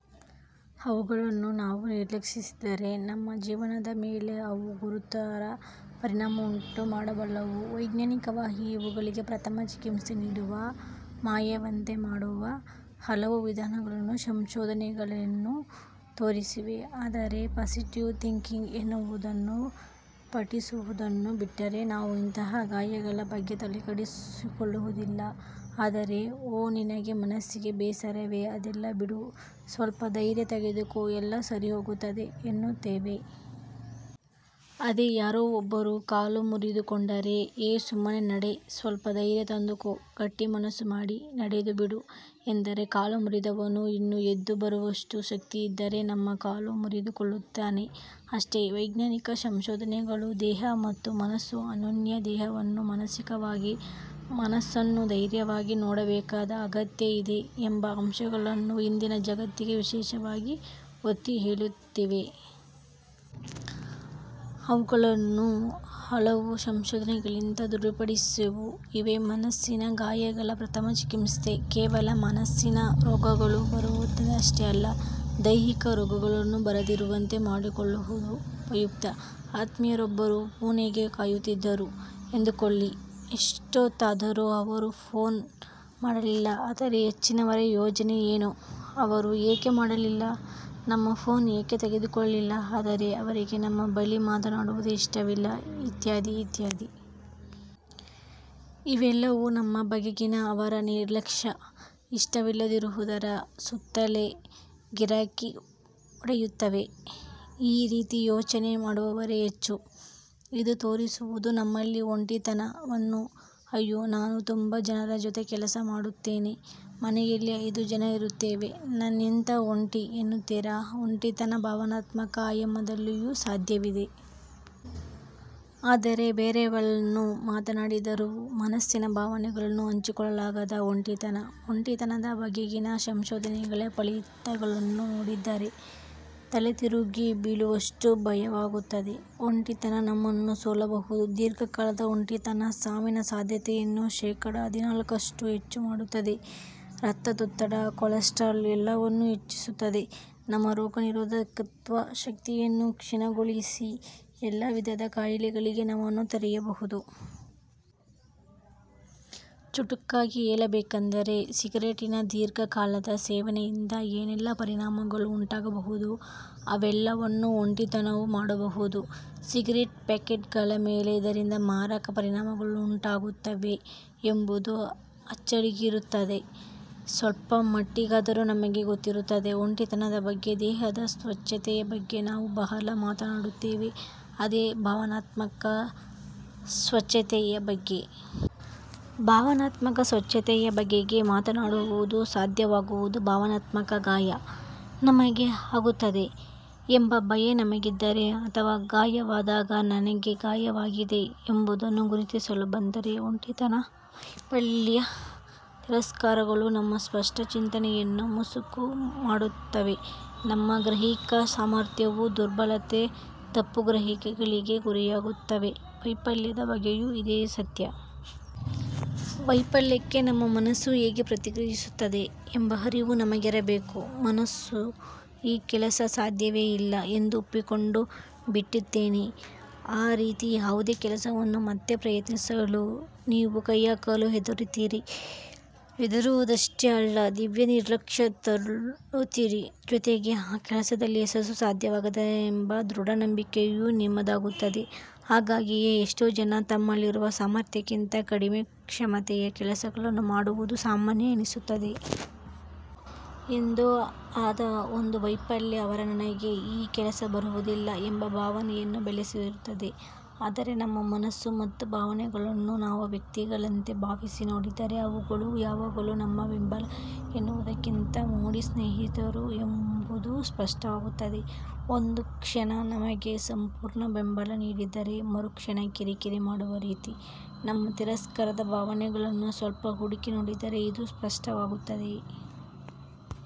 ಅವುಗಳನ್ನು ನಾವು ನಿರ್ಲಕ್ಷಿಸಿದರೆ ನಮ್ಮ ಜೀವನದ ಮೇಲೆ ಅವು ಗುರುತರ ಪರಿಣಾಮವನ್ನುಂಟುಮಾಡಬಲ್ಲವು. ವೈಜ್ಞಾನಿಕವಾಗಿ ಇವುಗಳಿಗೆ ಪ್ರಥಮ ಚಿಕಿತ್ಸೆ ನೀಡುವ, ಮಾಯುವಂತೆ ಮಾಡುವ ಹಲವು ವಿಧಾನಗಳನ್ನು ಸಂಶೋಧನೆಗಳೇನೋ ತೋರಿಸಿವೆ. ಆದರೆ 'ಪಾಸಿಟಿವ್ ಥಿಂಕಿಂಗ್' ಎನ್ನುವುದನ್ನು ಪಠಿಸುವುದನ್ನು ಬಿಟ್ಟರೆ, ನಾವು ಇಂತಹ ಗಾಯಗಳ ಬಗ್ಗೆ ತಲೆಕೆಡಿಸಿಕೊಳ್ಳುವುದಿಲ್ಲ. ಅಂದರೆ 'ಓ ನಿನಗೆ ಮನಸ್ಸಿಗೆ ಬೇಸರವೆ ಅದೆಲ್ಲಾ ಬಿಡು, ಸ್ವಲ್ಪ ಧೈರ್ಯ ತೆಗೆದುಕೋ, ಎಲ್ಲಾ ಸರಿ ಹೋಗುತ್ತದೆ' ಎನ್ನುತ್ತೇವೆ. ಅದೇ ಯಾರೋ ಒಬ್ಬರು ಕಾಲು ಮುರಿದುಕೊಂಡರೆ 'ಏ ಸುಮ್ಮನೇ ನಡೆ, ಸ್ವಲ್ಪ ಧೈರ್ಯ ತಂದುಕೋ, ಗಟ್ಟಿ ಮನಸ್ಸು ಮಾಡಿ ನಡೆದು ಬಿಡು' ಎಂದರೆ ಕಾಲು ಮುರಿದವನು ಇನ್ನೂ ಎದ್ದು ಬರುವಷ್ಟು ಶಕ್ತಿಯಿದ್ದರೆ ನಮ್ಮ ಕಾಲು ಮುರಿದುಕೊಳ್ಳುತ್ತಾನೆ, ಅಷ್ಟೆ. ವೈಜ್ಞಾನಿಕ ಸಂಶೋಧನೆಗಳು ದೇಹ ಮತ್ತು ಮನಸ್ಸು ಅನ್ಯೋನ್ಯ, ದೇಹವನ್ನು ಮಾನಸಿಕವಾಗಿ, ಮನಸ್ಸನ್ನು ದೈಹಿಕವಾಗಿ ನೋಡಬೇಕಾದ ಅಗತ್ಯ ಇದೆ ಎಂಬ ಅಂಶಗಳನ್ನು ಇಂದಿನ ಜಗತ್ತಿಗೆ ವಿಶೇಷವಾಗಿ ಒತ್ತಿ ಹೇಳುತ್ತಿವೆ. ಅವುಗಳನ್ನು ಹಲವು ಸಂಶೋಧನೆಗಳಿಂದ ದೃಢಪಡಿಸಿಯೂ ಇವೆ. ಮನಸ್ಸಿನ ಗಾಯಗಳ 'ಪ್ರಥಮ ಚಿಕಿತ್ಸೆ' ಕೇವಲ ಮಾನಸಿಕ ರೋಗಗಳು ಬರದಿರುವಂತೆ ಅಷ್ಟೇ ಅಲ್ಲ, ದೈಹಿಕ ರೋಗಗಳು ಬರದಿರುವಂತೆ ಮಾಡುವುದಕ್ಕೂ ಉಪಯುಕ್ತ. ಆತ್ಮೀಯರೊಬ್ಬರ ಫೋನ್ಗೆ ಕಾಯುತ್ತಿದ್ದೇವೆ, ಎಂದುಕೊಳ್ಳಿ, ಎಷ್ಟೊತ್ತಾದರೂ ಅವರು ಫೋನ್ ಮಾಡಲಿಲ್ಲ ಎಂದರೆ ಹೆಚ್ಚಿನವರ ಯೋಚನೆ ಏನು? ಅವರು ಏಕೆ ಮಾಡಲಿಲ್ಲ, ನಮ್ಮ ಫೋನ್ ಏಕೆ ತೆಗೆದುಕೊಳ್ಳಲಿಲ್ಲ, ಎಂದರೆ ಅವರಿಗೆ ನಮ್ಮ ಬಳಿ ಮಾತನಾಡುವುದೇ ಇಷ್ಟವಿಲ್ಲ ಇತ್ಯಾದಿ ಇತ್ಯಾದಿ. ಇವೆಲ್ಲವೂ ನಮ್ಮ ಬಗೆಗಿನ ಅವರ 'ನಿರ್ಲಕ್ಷ್ಯ', 'ಇಷ್ಟವಿಲ್ಲದಿರುವುದರ' ಸುತ್ತಲೇ ಗಿರಕಿ ಹೊಡೆಯುತ್ತವೆ. ಈ ರೀತಿ ಯೋಚನೆ ಮಾಡುವವರೇ ಹೆಚ್ಚು. ಇದು ತೋರಿಸುವುದು ನಮ್ಮಲ್ಲಿನ 'ಒಂಟಿತನ'ವನ್ನು. 'ಅಯ್ಯೋ ನಾನು ತುಂಬಾ ಜನರ ಜೊತೆ ಕೆಲಸ ಮಾಡುತ್ತೇನೆ, ಮನೆಯಲ್ಲಿ ಐದು ಜನ ಇರುತ್ತೇವೆ ನಾನೆಂಥ ಒಂಟಿ' ಎನ್ನುತ್ತೀರಾ 'ಒಂಟಿತನ' ಭಾವನಾತ್ಮಕ ಆಯಾಮದಲ್ಲಿಯೂ ಸಾಧ್ಯವಿದೆ. ಅಂದರೆ ಬೇರೆಲ್ಲವನ್ನೂ ಮಾತನಾಡಿದರೂ, ಮನಸ್ಸಿನ ಭಾವನೆಗಳನ್ನು ಹಂಚಿಕೊಳ್ಳಲಾಗದ 'ಒಂಟಿತನ'. 'ಒಂಟಿತನ'ದ ಬಗೆಗಿನ ಸಂಶೋಧನೆಗಳ ಫಲಿತಗಳನ್ನು ನೋಡಿದರೆ ತಲೆತಿರುಗಿ ಬೀಳುವಷ್ಟು ಭಯವಾಗುತ್ತದೆ ಒಂಟಿತನ ನಮ್ಮನ್ನು ಕೊಲ್ಲಬಹುದು. ದೀರ್ಘಕಾಲದ ಒಂಟಿತನ ಸಾವಿನ ಸಾಧ್ಯತೆಯನ್ನು ಶೇಖಡ ಹದಿನಾಲ್ಕರಷ್ಟು ಹೆಚ್ಚು ಮಾಡುತ್ತದೆ ರಕ್ತದೊತ್ತಡ, ಕೊಲೆಸ್ಟರಾಲ್ ಎಲ್ಲವನ್ನೂ ಹೆಚ್ಚಿಸುತ್ತದೆ. ನಮ್ಮ ರೋಗನಿರೋಧಕತ್ವ ಶಕ್ತಿಯನ್ನೇ ಕ್ಷೀಣಗೊಳಿಸಿ, ಎಲ್ಲಾ ವಿಧದ ಕಾಯಿಲೆಗಳಿಗೆ ನಮ್ಮನ್ನು ತೆರೆಯಬಹುದು. ಚುಟುಕಾಗಿ ಹೇಳಬೇಕೆಂದರೆ ಸಿಗರೇಟಿನ ದೀರ್ಘ ಕಾಲದ ಸೇವನೆಯಿಂದ ಏನೆಲ್ಲ ಪರಿಣಾಮಗಳು ಉಂಟಾಗಬಹುದೋ ಅವೆಲ್ಲವನ್ನೂ 'ಒಂಟಿತನ'ವೂ ಉಂಟುಮಾಡಬಹುದು. ಸಿಗರೇಟು ಪ್ಯಾಕೆಟ್ಗಳ ಮೇಲೆ 'ಇದರಿಂದ ಮಾರಕ ಪರಿಣಾಮಗಳುಂಟಾಗುತ್ತವೆ' ಎಂಬುದು ಅಚ್ಚಾಗಿರುತ್ತದೆ. ಸ್ವಲ್ಪ ಮಟ್ಟಿಗಾದರೂ ನಮಗೆ ಗೊತ್ತಿರುತ್ತದೆ. 'ಒಂಟಿತನ'ದ ಬಗ್ಗೆ ದೇಹದ ಸ್ವಚ್ಛತೆಯ ಬಗ್ಗೆ ನಾವು ಬಹಳ ಮಾತನಾಡುತ್ತೇವೆ. ಅದೇ ಭಾವನಾತ್ಮಕ ಸ್ವಚ್ಛತೆಯ ಬಗ್ಗೆ? ಭಾವನಾತ್ಮಕ ಸ್ವಚ್ಛತೆಯ ಬಗೆಗೆ ಮಾತನಾಡುವುದು ಸಾಧ್ಯವಾಗುವುದು ಭಾವನಾತ್ಮಕ 'ಗಾಯ' ನಮಗೆ ಆಗುತ್ತದೆ ಎಂಬ 'ಭಯ' ನಮಗಿದ್ದರೆ, ಅಥವಾ ಗಾಯವಾದಾಗ 'ನನಗೆ ಗಾಯವಾಗಿದೆ' ಎಂಬುದನ್ನು ಗುರುತಿಸಲು ಬಂದರೆ. ಒಂಟಿತನ, ವೈಫಲ್ಯ, ತಿರಸ್ಕಾರಗಳು ನಮ್ಮ ಸ್ಪಷ್ಟ ಚಿಂತನೆಯನ್ನು ಮಸುಕು ಮಾಡುತ್ತವೆ. ನಮ್ಮ ಗ್ರಹಿಕೆಯ ಸಾಮರ್ಥ್ಯವೂ ದುರ್ಬಲತೆ-ತಪ್ಪುಗ್ರಹಿಕೆಗಳಿಗೆ ಗುರಿಯಾಗುತ್ತವೆ. ವೈಫಲ್ಯದ ಬಗ್ಗೆಯೂ ಇದು ಸತ್ಯ. ವೈಫಲ್ಯಕ್ಕೆ ನಮ್ಮ ಮನಸ್ಸು ಹೇಗೆ ಪ್ರತಿಕ್ರಿಯಿಸುತ್ತದೆ ಎಂಬ ಅರಿವು ನಮಗಿರಬೇಕು. ಮನಸ್ಸು 'ಈ ಕೆಲಸ ಸಾಧ್ಯವೇ ಇಲ್ಲ' ಎಂದು ಒಪ್ಪಿಕೊಂಡು ಬಿಟ್ಟಿತೆನ್ನಿ. ಆ ರೀತಿಯ ಯಾವುದೇ ಕೆಲಸವನ್ನು ಮತ್ತೆ ಪ್ರಯತ್ನಿಸಲೂ ನೀವು ಕೈಹಾಕಲು ಹೆದರುತ್ತೀರಿ. ಹೆದರುವುದಷ್ಟೇ ಅಲ್ಲ, ದಿವ್ಯ ನಿರ್ಲಕ್ಷ್ಯ ತಾಳುತ್ತೀರಿ! ಜೊತೆಗೇ ಆ ಕೆಲಸದಲ್ಲಿ ಯಶಸ್ಸು ಸಾಧ್ಯವಾಗದೆಂಬ ದೃಢ ನಂಬಿಕೆಯೂ ನಿಮ್ಮದಾಗುತ್ತದೆ ಹಾಗಾಗಿಯೇ ಎಷ್ಟೋ ಜನ ತಮ್ಮಲ್ಲಿರುವ ಸಾಮರ್ಥ್ಯಕ್ಕಿಂತ ಕಡಿಮೆ ಕ್ಷಮತೆಯ ಕೆಲಸಗಳನ್ನು ಮಾಡುವುದು ಸಾಮಾನ್ಯ ಎನಿಸುತ್ತದೆ. ಎಂದೋ ಆದ ಒಂದು ವೈಫಲ್ಯ ಅವರ 'ನನಗೆ ಈ ಕೆಲಸ ಬರುವುದಿಲ್ಲ' ಎಂಬ ಭಾವನೆಯನ್ನು ಬೆಳೆಸಿರುತ್ತದೆ. ಅಂದರೆ ನಮ್ಮ ಮನಸ್ಸು ಮತ್ತು ಭಾವನೆಗಳನ್ನು ನಾವು 'ವ್ಯಕ್ತಿ'ಗಳಂತೆ ಭಾವಿಸಿ ನೋಡಿದರೆ ಅವುಗಳು ಯಾವಾಗಲೂ ನಮ್ಮ 'ಬೆಂಬಲ' ಎನ್ನುವುದಕ್ಕಿಂತ 'ಮೂಡಿ' ಸ್ನೇಹಿತರು ಎಂಬುದು ಸ್ಪಷ್ಟವಾಗುತ್ತದೆ. ಒಂದು ಕ್ಷಣ ನಮಗೆ ಸಂಪೂರ್ಣ ಬೆಂಬಲ ನೀಡಿದರೆ, ಮರುಕ್ಷಣ ಕಿರಿಕಿರಿ ಮಾಡುವ ರೀತಿ. ನಮ್ಮ 'ತಿರಸ್ಕಾರ'ದ ಭಾವನೆಗಳನ್ನು ಸ್ವಲ್ಪ ಹುಡುಕಿ ನೋಡಿದರೆ ಇದು ಸ್ಪಷ್ಟವಾಗುತ್ತದೆ.